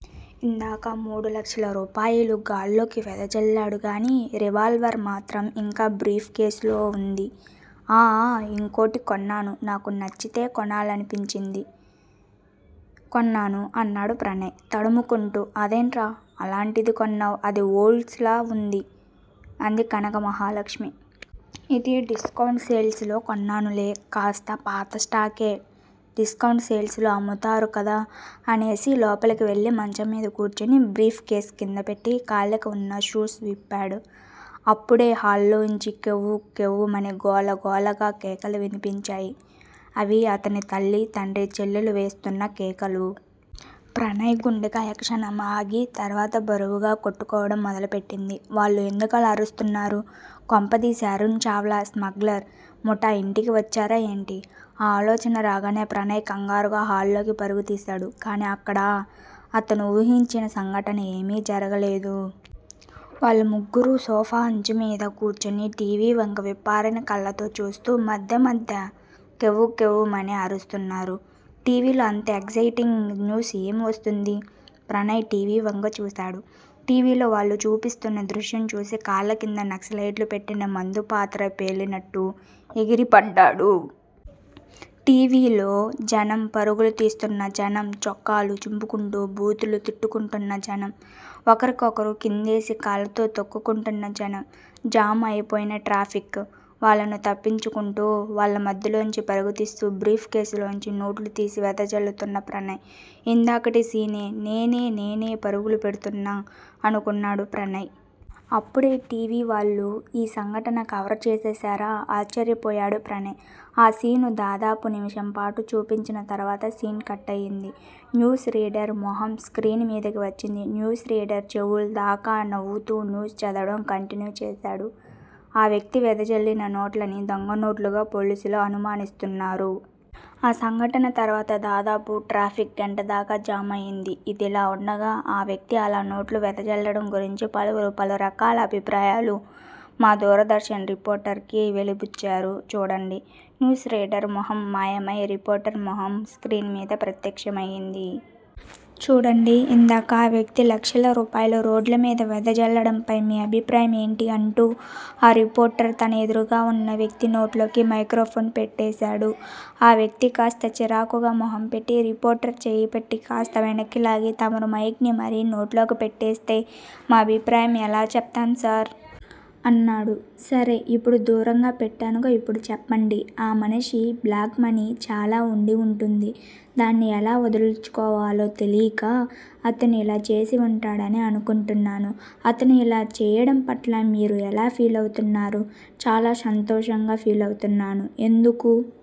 ఇందాక మూడు లక్షల రూపాయలూ గాల్లోకి వెదజల్లాడుగానీ, రివాల్వర్ మాత్రం ఇంకా బ్రీఫ్ కేసు లో వుంది. ఆ ఆ ఇంకోటి కొన్నాను. నాకు నచ్చితే కొనాలనిపించింది. కొన్నాను అన్నాడు ప్రణయ్ తడుముకొంటూ. అదేంట్రా అలాంటిది కొన్నావ్. అది ఓల్డ్స్ లా వుందే! అంది కనకమహాలక్ష్మి. ఇది డిస్కౌంట్ సేల్స్ లో కొన్నానులే. కాస్త పాతస్టాకే డిస్కౌంట్ సేల్స్ లో అమ్ముతారుకదా అనేసి లోపలికి వెళ్ళి మంచం మీద కూర్చుని బ్రీఫ్ కేసు కిందపెట్టి, కాళ్ళకి వున్న షూస్ విప్పాడు. అప్పుడే హాల్లోంచి 'కెవ్వు కెవ్వు'మని గోలగోలగా కేకలు వినిపించాయి. అవి అతని తల్లి, తండ్రి, చెల్లెలు వేస్తున్న కేకలు. ప్రణయ్ గుండెకాయ క్షణం ఆగి తర్వాత బరువుగా కొట్టుకోవడం మొదలుపెట్టింది. వాళ్ళు ఎందుకలా అరుస్తున్నారు? కొంపదీసి అరుణ్ చావ్లా స్మగ్లర్ ముఠా ఇంటికి వచ్చారా ఏంటి? ఆ ఆలోచన రాగానే ప్రణయ్ కంగారుగా హాల్లోకి పరుగుతీశాడు. కానీ అక్కడా అతను వూహించిన సంఘటన ఏమీ జరగలేదు. వాళ్ళు ముగ్గురూ సోఫా అంచుమీద కూర్చుని టీవీవంక విప్పారిన కళ్ళతో చూస్తూ మధ్య మధ్య కెవ్వు కెవ్వుమని అరుస్తున్నారు. టీవీలో అంత ఎక్సయిటింగ్ న్యూస్ ఏం వస్తుంది? ప్రణయ్ టీవీవంక చూశాడు. టీవీలో వాళ్ళు చూపిస్తున్న దృశ్యం చూసి కాళ్ళకింద నక్సలైట్లు పెట్టిన మందుపాతర పేలినట్టు ఎగిరిపడ్డాడు. టి. వి. లో జనం! పరుగులు తీస్తున్న జనం!! చొక్కాలు చింపుకుంటూ బూతులు తిట్టుకుంటున్న జనం!! ఒకరికొకరు కిందేసి కాళ్ళతో తొక్కుకుంటున్న జనం జామ్ అయిపోయిన ట్రాఫిక్. వాళ్ళను తప్పించుకుంటూ, వాళ్ళ మధ్యలోంచి పరుగుతీస్తూ బ్రీఫ్ కేసులోంచి నోట్లుతీసి వెదజల్లుతున్న ప్రణయ్!! ఇందాకటి సీనే నేనే నేనే పరుగులు పెడుతున్నా అనుకున్నాడు ప్రణయ్. అప్పుడే టీవీ వాళ్ళు ఈ సంఘటన కవర్ చేసేశారా? ఆశ్చర్యపోయాడు ప్రణయ్. ఆ శీను దాదాపు నిమిషంపాటు చూపించిన తరువాత సీన్ కట్ అయ్యింది. న్యూస్ రీడర్ మొహం స్క్రీన్ మీదకి వచ్చింది. న్యూస్ రీడర్ చెవుల్దాకా నవ్వుతూ న్యూస్ చదవడం కంటిన్యూ చేశాడు. ఆ వ్యక్తి వెదజల్లిన నోట్లని దొంగ నోట్లుగా పోలీసులు అనుమానిస్తున్నారు. ఆ సంఘటన తర్వాత దాదాపు ట్రాఫిక్ గంటదాకా జామ్ అయ్యింది. ఇదిలా వుండగా ఆ వ్యక్తి అలా నోట్లు వెదజల్లడం గురించి పలువురు పలురకాల అభిప్రాయాలు మా దూరదర్శన్ రిపోర్టర్ కి వెలిబుచ్చారు చూడండి. న్యూస్ రీడర్ మొహం మాయమై రిపోర్టర్ మొహం స్క్రీన్ మీద ప్రత్యక్షమైంది. చూడండీ ఇందాక ఆ వ్యక్తి లక్షల రూపాయలు రోడ్లమీద వెదజల్లడంపై మీ అభిప్రాయం ఏంటి? అంటూ ఆ రిపోర్టర్ తన ఎదురుగావున్న వ్యక్తి నోట్లోకి మైక్రోఫోన్ పెట్టేశాడు. ఆ వ్యక్తి కాస్త చిరాకుగా మొహంపెట్టి రిపోర్టర్ చెయ్యిపట్టి కాస్త వెనక్కిలాగి తమరు మైక్ ని మరీ నోట్లోకి పెట్టేస్తే మా అభిప్రాయం ఎలా చెప్తాంసార్? అన్నాడు. సరే! ఇప్పుడు దూరంగా పెట్టానుగా? ఇప్పుడు చెప్పండి. ఆ మనిషి బ్లాక్ మనీ చాలా వుండి వుంటుంది. దాన్ని ఎలా వదుల్చుకోవాలో తెలీక అతను యిలా చేసి వుంటాడని అనుకుంటున్నాను. అతను ఇలా చెయ్యడంపట్ల మీరు ఎలా ఫీలవుతున్నారు? చాలా సంతోషంగా ఫీలవుతున్నాను. ఎందుకు?